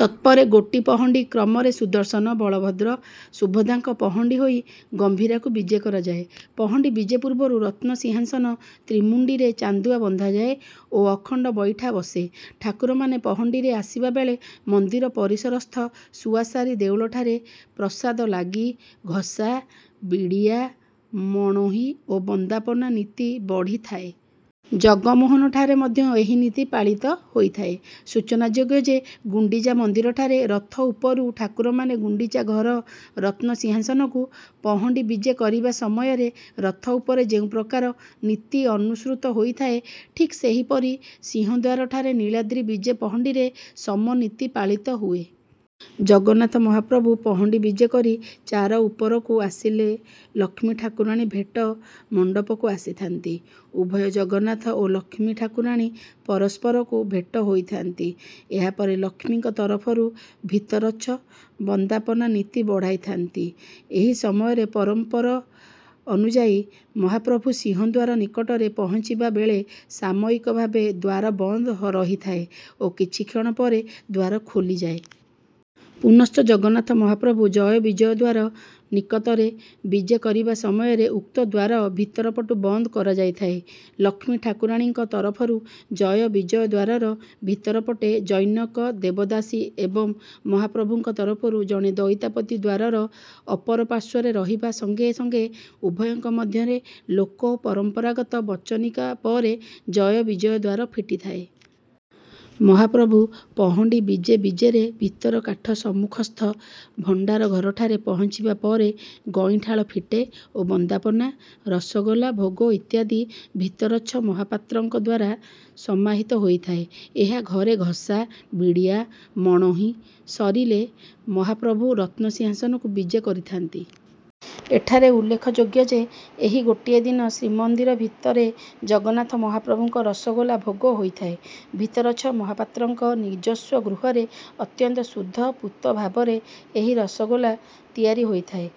ତତ୍ପରେ ଗୋଟି ପହଣ୍ଡି କ୍ରମରେ ସୁଦର୍ଶନ, ବଳଭଦ୍ର, ସୁଭଦ୍ରାଙ୍କ ପହଣ୍ଡି ହୋଇ ଗମ୍ଭୀରାକୁ ବିଜେ କରାଯାଏ। ପହଣ୍ଡି ବିଜେ ପୂର୍ବରୁ ରତ୍ନସିଂହାସନ ତ୍ରିମୁଣ୍ଡିରେ ଚାନ୍ଦୁଆ ବନ୍ଧାଯାଏ ଓ ଅଖଣ୍ଡ ବଇଠା ବସେ। ଠାକୁରମାନେ ପହଣ୍ଡିରେ ଆସିବାବେଳେ ମନ୍ଦିର ପରିସରସ୍ଥ ଶୁଆଶାରୀ ଦେଉଳଠାରେ ପ୍ରସାଦ ଲାଗି, ଘସା, ବିଡିଆ ମଣୋହି ଓ ବନ୍ଦାପନା ନୀତି ବଢ଼ିଥାଏ। ଜଗମୋହନଠାରେ ମଧ୍ୟ ଏହି ନୀତି ପାଳିତ ହୋଇଥାଏ। ସୂଚନାଯୋଗ୍ୟ ଯେ, ଗୁଣ୍ଡିଚା ମନ୍ଦିରଠାରେ ରଥ ଉପରୁ ଠାକୁରମାନେ ଗୁଣ୍ଡିଚା ଘର ରତ୍ନସିଂହାସନକୁ ପହଣ୍ଡି ବିଜେ କରିବା ସମୟରେ ରଥ ଉପରେ ଯେଉଁ ପ୍ରକାର ନୀତି ଅନୁସୃତ ହୋଇଥାଏ, ଠିକ୍ ସେହିପରି ସିଂହଦ୍ୱାରଠାରେ ନୀଳାଦ୍ରି ବିଜେ ପହଣ୍ଡିରେ ସମ ନୀତି ପାଳିତ ହୁଏ। ଜଗନ୍ନାଥ ମହାପ୍ରଭୁ ପହଣ୍ଡି ବିଜେ କରି ଚାର ଉପରକୁ ଆସିଲେ ଲକ୍ଷ୍ମୀ ଠାକୁରାଣୀ ଭେଟ ମଣ୍ଡପକୁ ଆସିଥାନ୍ତି। ଉଭୟ ଜଗନ୍ନାଥ ଓ ଲକ୍ଷ୍ମୀ ଠାକୁରାଣୀ ପରସ୍ପରକୁ ଭେଟ ହୋଇଥାନ୍ତି। ଏହାପରେ ଲକ୍ଷ୍ମୀଙ୍କ ତରଫରୁ ଭିତରଚ୍ଛ ବନ୍ଦାପନା ନୀତି ବଢ଼ାଇଥାନ୍ତି। ଏହି ସମୟରେ ପରମ୍ପର ଅନୁଯାୟୀ ମହାପ୍ରଭୁ ସିଂହଦ୍ୱାର ନିକଟରେ ପହଞ୍ଚିବା ବେଳେ ସାମୟିକ ଭାବେ ଦ୍ୱାର ବନ୍ଦ ରହିଥାଏ ଓ କିଛି କ୍ଷଣ ପରେ ଦ୍ୱାର ଖୋଲିଯାଏ। ପୁନଶ୍ଚ ଜଗନ୍ନାଥ ମହାପ୍ରଭୁ ଜୟ ବିଜୟ ଦ୍ୱାର ନିକତରେ ବିଜେ କରିବା ସମୟରେ ଉକ୍ତ ଦ୍ୱାର ଭିତର ପଟୁ ବନ୍ଦ କରାଯାଇଥାଏ। ଲକ୍ଷ୍ମୀ ଠାକୁରାଣୀଙ୍କ ତରଫରୁ ଜୟ ବିଜୟ ଦ୍ୱାରର ଭିତର ପଟେ ଜନୈକ ଦେବଦାସୀ ଏବଂ ମହାପ୍ରଭୁଙ୍କ ତରଫରୁ ଜଣେ ଦଇତାପତି ଦ୍ୱାରର ଅପରପାର୍ଶ୍ୱରେ ରହିବା ସଙ୍ଗେ ସଙ୍ଗେ ଉଭୟଙ୍କ ମଧ୍ୟରେ ଲୋକ ପରମ୍ପରାଗତ ବଚନିକା ପରେ ଜୟ ବିଜୟ ଦ୍ୱାର ଫିଟିଥାଏ। ମହାପ୍ରଭୁ ପହଣ୍ଡି ବିଜେ ବିଜେରେ ଭିତର କାଠ ସମ୍ମୁଖସ୍ଥ ଭଣ୍ଡାର ଘରଠାରେ ପହଞ୍ଚିବା ପରେ ଗଇଁଠାଳ ଫିଟେ ଓ ବନ୍ଦାପନା, ରସ ଗୋଲା ଭୋଗ ଇତ୍ୟାଦି ଭିତରଚ୍ଛ ମହାପାତ୍ରଙ୍କଦ୍ୱାରା ସମାହିତ ହୋଇଥାଏ। ଏହା ପରେ ଘସା, ବିଡିଆ ମଣୋହି ସରିଲେ ମହାପ୍ରଭୁ ରତ୍ନସିଂହାସନକୁ ବିଜେ କରିଥାନ୍ତି। ଏଠାରେ ଉଲ୍ଲେଖଯୋଗ୍ୟ ଯେ, ଏହି ଗୋଟିଏ ଦିନ ଶ୍ରୀମନ୍ଦିର ଭିତରେ ଜଗନ୍ନାଥ ମହାପ୍ରଭୁଙ୍କ ରସଗୋଲା ଭୋଗ ହୋଇଥାଏ। ଭିତରଚ୍ଛ ମହାପାତ୍ରଙ୍କ ନିଜସ୍ୱ ଗୃହରେ ଅତ୍ୟନ୍ତ ଶୁଦ୍ଧ ପୂତ ଭାବରେ ଏହି ରସଗୋଲା ତିଆରି ହୋଇଥାଏ।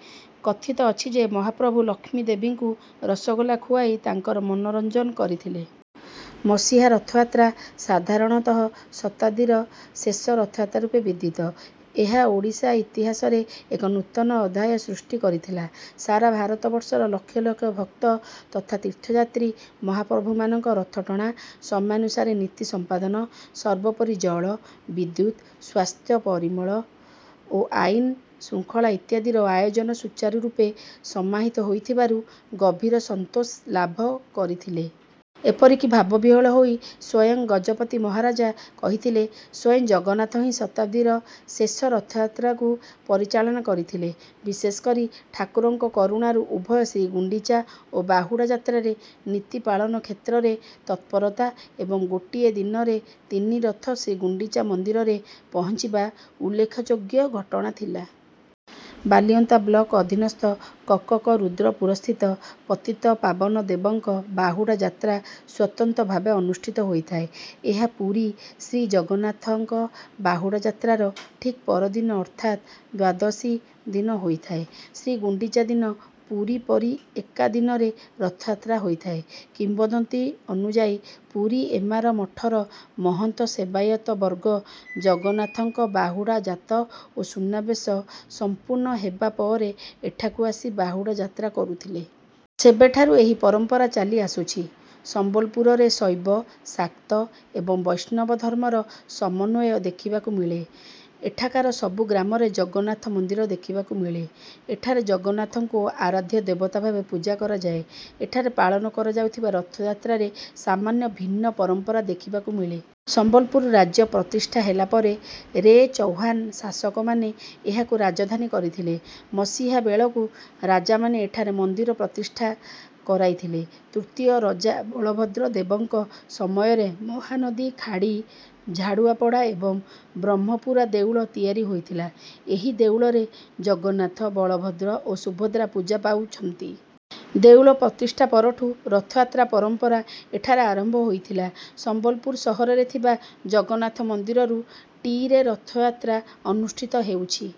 କଥିତ ଅଛି ଯେ, ମହାପ୍ରଭୁ ଲକ୍ଷ୍ମୀଦେବୀଙ୍କୁ ରସଗୋଲା ଖୁଆଇ ତାଙ୍କର ମନୋରଞ୍ଜନ କରିଥିଲେ। ମସିହା ରଥଯାତ୍ରା ସାଧାରଣତଃ ଶତାବ୍ଦୀର ଶେଷ ରଥଯାତ୍ରା ରୂପେ ବିଦିତ। ଏହା ଓଡ଼ିଶା ଇତିହାସରେ ଏକ ନୂତନ ଅଧ୍ୟାୟ ସୃଷ୍ଟି କରିଥିଲା। ସାରା ଭାରତ ବର୍ଷର ଲକ୍ଷ ଲକ୍ଷ ଭକ୍ତ ତଥା ତୀର୍ଥଯାତ୍ରୀ ମହାପ୍ରଭୁମାନଙ୍କ ରଥଟଣା, ସମୟାନୁସାରେ ନୀତି ସମ୍ପାଦନ, ସର୍ବୋପରି ଜଳ, ବିଦ୍ୟୁତ, ସ୍ୱାସ୍ଥ୍ୟ, ପରିମଳ ଓ ଆଇନ ଶୃଙ୍ଖଳା ଇତ୍ୟାଦିର ଆୟୋଜନ ସୂଚାରରୂପେ ସମାହିତ ହୋଇଥିବାରୁ ଗଭୀର ସନ୍ତୋଷ ଲାଭ କରିଥିଲେ। ଏପରିକି ଭାବବିହ୍ୱଳ ହୋଇ ସ୍ୱଂୟ ଗଜପତି ମହାରାଜା କହିଥିଲେ: ସ୍ୱଂୟ ଜଗନ୍ନାଥ ହିଁ ଶତାବ୍ଦୀର ଶେଷ ରଥଯାତ୍ରାକୁ ପରିଚାଳନା କରିଥିଲେ। ବିଶେଷ କରି ଠାକୁରଙ୍କ କରୁଣାରୁ ଉଭୟ ଶ୍ରୀଗୁଣ୍ଡିଚା ଓ ବାହୁଡା ଯାତ୍ରାରେ ନୀତି ପାଳନ କ୍ଷେତ୍ରରେ ତତ୍ପରତା ଏବଂ ଗୋଟିଏ ଦିନରେ ତିନି ରଥ ଶ୍ରୀଗୁଣ୍ଡିଚା ମନ୍ଦିରରେ ପହଞ୍ଚିବା ଉଲ୍ଲେଖଯୋଗ୍ୟ ଘଟଣା ଥିଲା। ବାଲିଅନ୍ତା ବ୍ଲକ ଅଧିନସ୍ଥ କକକରୁଦ୍ରପୁରସ୍ଥିତ ପତିତପାବନଦେବଙ୍କ ବାହୁଡ଼ା ଯାତ୍ରା ସ୍ୱତନ୍ତ୍ର ଭାବେ ଅନୁଷ୍ଠିତ ହୋଇଥାଏ। ଏହା ପୁରୀ ଶ୍ରୀ ଜଗନ୍ନାଥଙ୍କ ବାହୁଡ଼ା ଯାତ୍ରାର ଠିକ ପରଦିନ ଅର୍ଥାତ ଦ୍ୱାଦଶୀ ଦିନ ହୋଇଥାଏ। ଶ୍ରୀଗୁଣ୍ଡିଚା ଦିନ ପୁରୀ ପରି ଏକା ଦିନରେ ରଥଯାତ୍ରା ହୋଇଥାଏ। କିମ୍ବଦନ୍ତୀ ଅନୁଯାୟୀ ପୁରୀ ଏମାର ମଠର ମହନ୍ତ ସେବାୟତ ବର୍ଗ ଜଗନ୍ନାଥଙ୍କ ବାହୁଡ଼ା ଯାତ ଓ ସୁନାବେଶ ସମ୍ପୂର୍ଣ୍ଣ ହେବା ପରେ ଏଠାକୁ ଆସି ବାହୁଡ଼ା ଯାତ୍ରା କରୁଥିଲେ। ସେବେଠାରୁ ଏହି ପରମ୍ପରା ଚାଲି ଆସୁଛି। ସମ୍ବଲପୁରରେ ଶୈବ, ଶାକ୍ତ, ଏବଂ ବୈଷ୍ଣବ ଧର୍ମର ସମନ୍ୱୟ ଦେଖିବାକୁ ମିଳେ। ଏଠାକାର ସବୁ ଗ୍ରାମରେ ଜଗନ୍ନାଥ ମନ୍ଦିର ଦେଖିବାକୁ ମିଳେ। ଏଠାରେ ଜଗନ୍ନାଥଙ୍କୁ ଆରାଧ୍ୟ ଦେବତା ଭାବେ ପୂଜା କରାଯାଏ। ଏଠାରେ ପାଳନ କରାଯାଉଥିବା ରଥଯାତ୍ରାରେ ସାମାନ୍ୟ ଭିନ୍ନ ପରମ୍ପରା ଦେଖିବାକୁ ମିଳେ। ସମ୍ବଲପୁର ରାଜ୍ୟ ପ୍ରତିଷ୍ଠା ହେଲାପରେ ରେ ଚୌହାନ ଶାସକମାନେ ଏହାକୁ ରାଜଧାନୀ କରିଥିଲେ। ମସିହା ବେଳକୁ ରାଜାମାନେ ଏଠାରେ ମନ୍ଦିର ପ୍ରତିଷ୍ଠା କରାଇଥିଲେ। ତୃତୀୟ ରଜା ବଳଭଦ୍ର ଦେବଙ୍କ ସମୟରେ ମହାନଦୀ ଖାଡ଼ି ଝାଡ଼ୁଆପଡ଼ା ଏବଂ ବ୍ରହ୍ମପୁରା ଦେଉଳ ତିଆରି ହୋଇଥିଲା। ଏହି ଦେଉଳରେ ଜଗନ୍ନାଥ, ବଳଭଦ୍ର ଓ ସୁଭଦ୍ରା ପୂଜା ପାଉଛନ୍ତି। ଦେଉଳ ପ୍ରତିଷ୍ଠା ପରଠୁ ରଥଯାତ୍ରା ପରମ୍ପରା ଏଠାରେ ଆରମ୍ଭ ହୋଇଥିଲା। ସମ୍ବଲପୁର ସହରରେ ଥିବା ଜଗନ୍ନାଥ ମନ୍ଦିରରୁ ଟିରେ ରଥଯାତ୍ରା ଅନୁଷ୍ଠିତ ହେଉଛି।